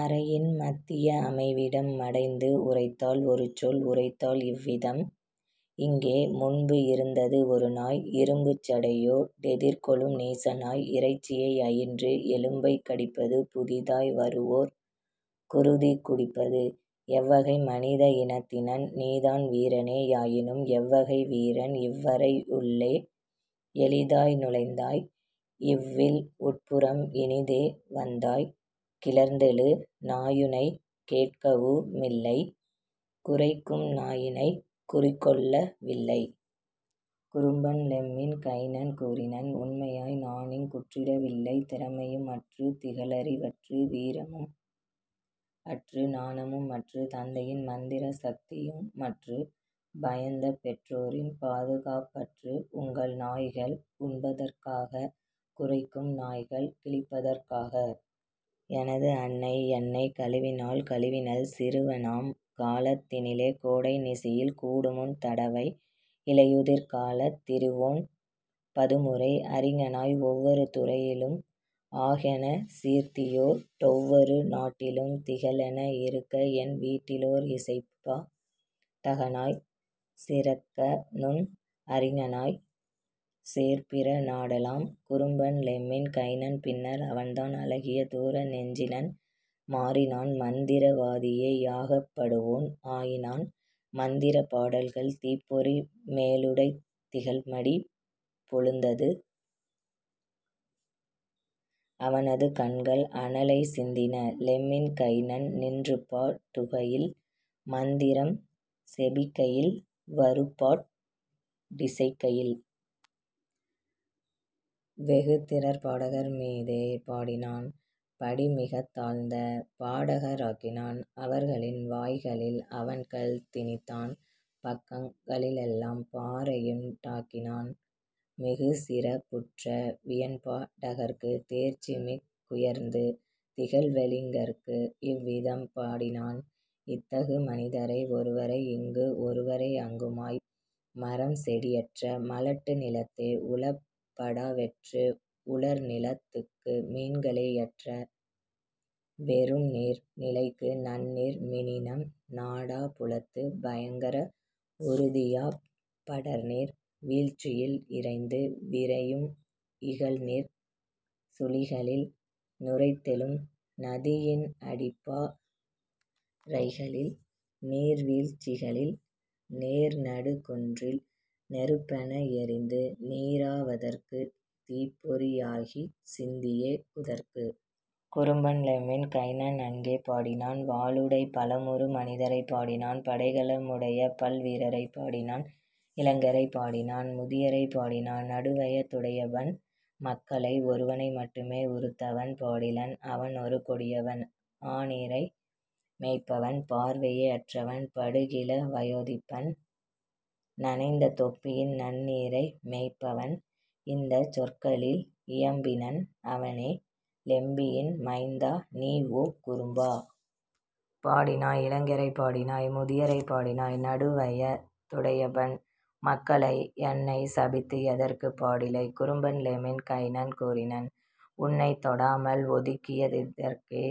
அறையின் மத்திய அமைவிடம் மடைந்து உரைத்தாள் ஒருசொல் உரைத்தாள் இவ்விதம்: "இங்கே முன்பு இருந்தது ஒருநாய் இரும்புச் சடையோ டெதிர்கொளும் நீசநாய் இறைச்சியை அயின்று எலும்பைக் கடிப்பது புதிதாய் வருவோர் குருதி குடிப்பது. எவ்வகை மனித இனத்தினன் நீதான் வீரனே யாயினும் எவ்வகை வீரன் இவ்வறை யுள்ளே எளிதாய் நுழைந்தாய் இவ்வில் உட்புறம் இனிதே வந்தாய் கிளர்ந்தெழு நாயுனைக் கேட்கவு மில்லை குரைக்கும் நாயுனைக் குறிகொள்ள வில்லை. " குறும்பன் லெம்மின் கைனன் கூறினன்: "உண்மையாய் நானிங் குற்றிட வில்லை திறமையும் அற்றுத் திகழ்அறி வற்று வீரமும் அற்று ஞானமும் அற்று தந்தையின் மந்திர சக்தியு மற்று பயந்தபெற் றோரின் பாதுகாப் பற்று உங்கள் நாய்கள் உண்பதற் காக குரைக்கும் நாய்கள் கிழிப்பதற் காக. எனது அன்னை என்னைக் கழுவினாள் கழுவினள் சிறுவனாம் காலத் தினிலே கோடை நிசியில் கூடுமுத் தடவை இலையுதிர் காலத் திரவொன் பதுமுறை அறிஞனாய் ஒவ்வொரு துறையிலும் ஆகென சீர்த்தியோ டொவ்வொரு நாட்டிலும் திகழென இருக்கஎன் வீட்டிலோர் இசைப்பா டகனாய் சிறக்கநுண் அறிஞனாய்ச் சேர்பிற நாடெலாம். " குறும்பன் லெம்மின் கைனன் பின்னர் அவன்தான் அழகிய தூர நெஞ்சினன் மாறினான் மந்திர வாதியே யாக பாடுவோன் ஆயினான் மந்திரப் பாடல்கள் தீப்பொறி மேலுடைத் திகழ்மடிப் பெழுந்தது அவனது கண்கள் அனலைச் சிந்தின லெம்மின் கைனன் நின்றுபா டுகையில் மந்திரம் செபிக்கையில் வருபாட் டிசைக்கையில். வெகுதிறற் பாடகர் மீதே பாடினான் படிமிகத் தாழ்ந்த பாடகர் ஆக்கினான் அவர்களின் வாய்களில் அவன்கல் திணித்தான் பக்கங் களிலெலாம் பாறையுண் டாக்கினான் மிகுசிறப் புற்ற வியன்பா டகற்கு தேர்ச்சிமிக் குயர்ந்து திகழ்கவி ஞர்க்கு. இவ்விதம் பாடினான் இத்தகு மனிதரை ஒருவரை இங்கும் ஒருவரை அங்குமாய் மரம் செடியற்ற மலட்டு நிலத்தே உழப் படாவெற்று உலர்நிலத் துக்கு மீன்களே யற்ற வெறும்நீர் நிலைக்கு நன்னீர் மீனினம் நாடாப் புலத்து பயங்கர உறுத்தியாப் படர்நீர் வீழ்ச்சியில் இரைந்து விரையும் இகல்நீர்ச் சுழிகளில் நுரைத்தெழும் நதியின் அடிப்பா றைகளில் நீர்வீழ்ச் சிகளின் நேர்நடுக் குன்றில் நெருப்பென எரிந்து நீறா வதற்கு தீப்பொறி யாகிச் சிந்தியே குதற்கு. குறும்பன் லெம்மின் கைனன் அங்கே பாடினான் வாளுடைப் பலமுறு மனிதரை பாடினான் படைக்கல முடையபல் வீரரை பாடினான் இளைஞரைப் பாடினான் முதியரை பாடினான் நடுவய துடையபன் மக்களை ஒருவனை மட்டுமே உருத்தவன் பாடிலன் அவனொரு கொடியவன் ஆநிரை மேய்ப்பவன் பார்வையே அற்றவன் படுகிழ வயோதிபன். நனைந்த தொப்பியன் நன்னிரை மேய்ப்பவன் இந்தச் சொற்களில் இயம்பினன் அவனே: "லெம்பியின் மைந்தா நீ, ஓ, குறும்பா! பாடினாய் இளைஞரைப் பாடினாய் முதியரை பாடினாய் நடுவய துடையபன் மக்களை என்னைச் சபித்து எதற்குப் பாடிலை? " குறும்பன் லெம்மின் கைனன் கூறினன்: "உன்னைத் தொடாமல் ஒதுக்கிய திதற்கே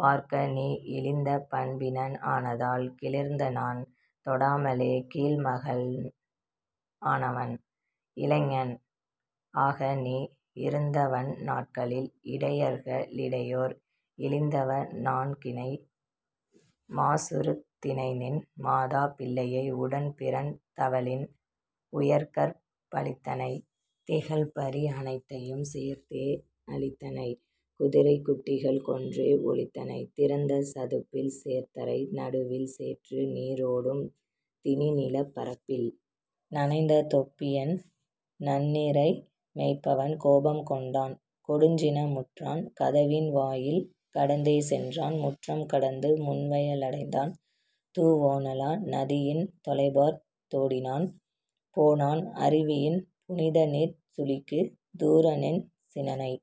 பார்க்கநீ இழிந்த பண்பினன் ஆனதால், கிளர்ந்துநான் தொடாமலே கீழ்மகன் ஆனவன்; இளைஞன் ஆகநீ இருந்தவந் நாட்களில் இடையர்க ளிடையோர் இழிந்தவ னாகினை மாசுறுத் தினைநின் மாதா பிள்ளையை உடன்பிறந் தவளின் உயர்கற் பழித்தனை திகழ்பரி அனைத்தையும் சேர்த்தே அழித்தனை குதிரைக் குட்டிகள் கொன்றே ஒழித்தனை திறந்த சதுப்பில் சேர்தரை நடுவில் சேற்று நீரோடும் திணிநிலப் பரப்பில். " நனைந்த தொப்பியன் நன்னிரை மேய்ப்பவன் கோபம் கொண்டான் கொடுஞ்சின முற்றான் கதவின் வாயில் கடந்தே சென்றான் முற்றம் கடந்து முன்வய லடைந்தான் துவோனலா நதியின் தொலைபார்த் தோடினான் போனான் அருவியின் புனிதநீர்ச் சுழிக்கு தூரநெஞ் சினனை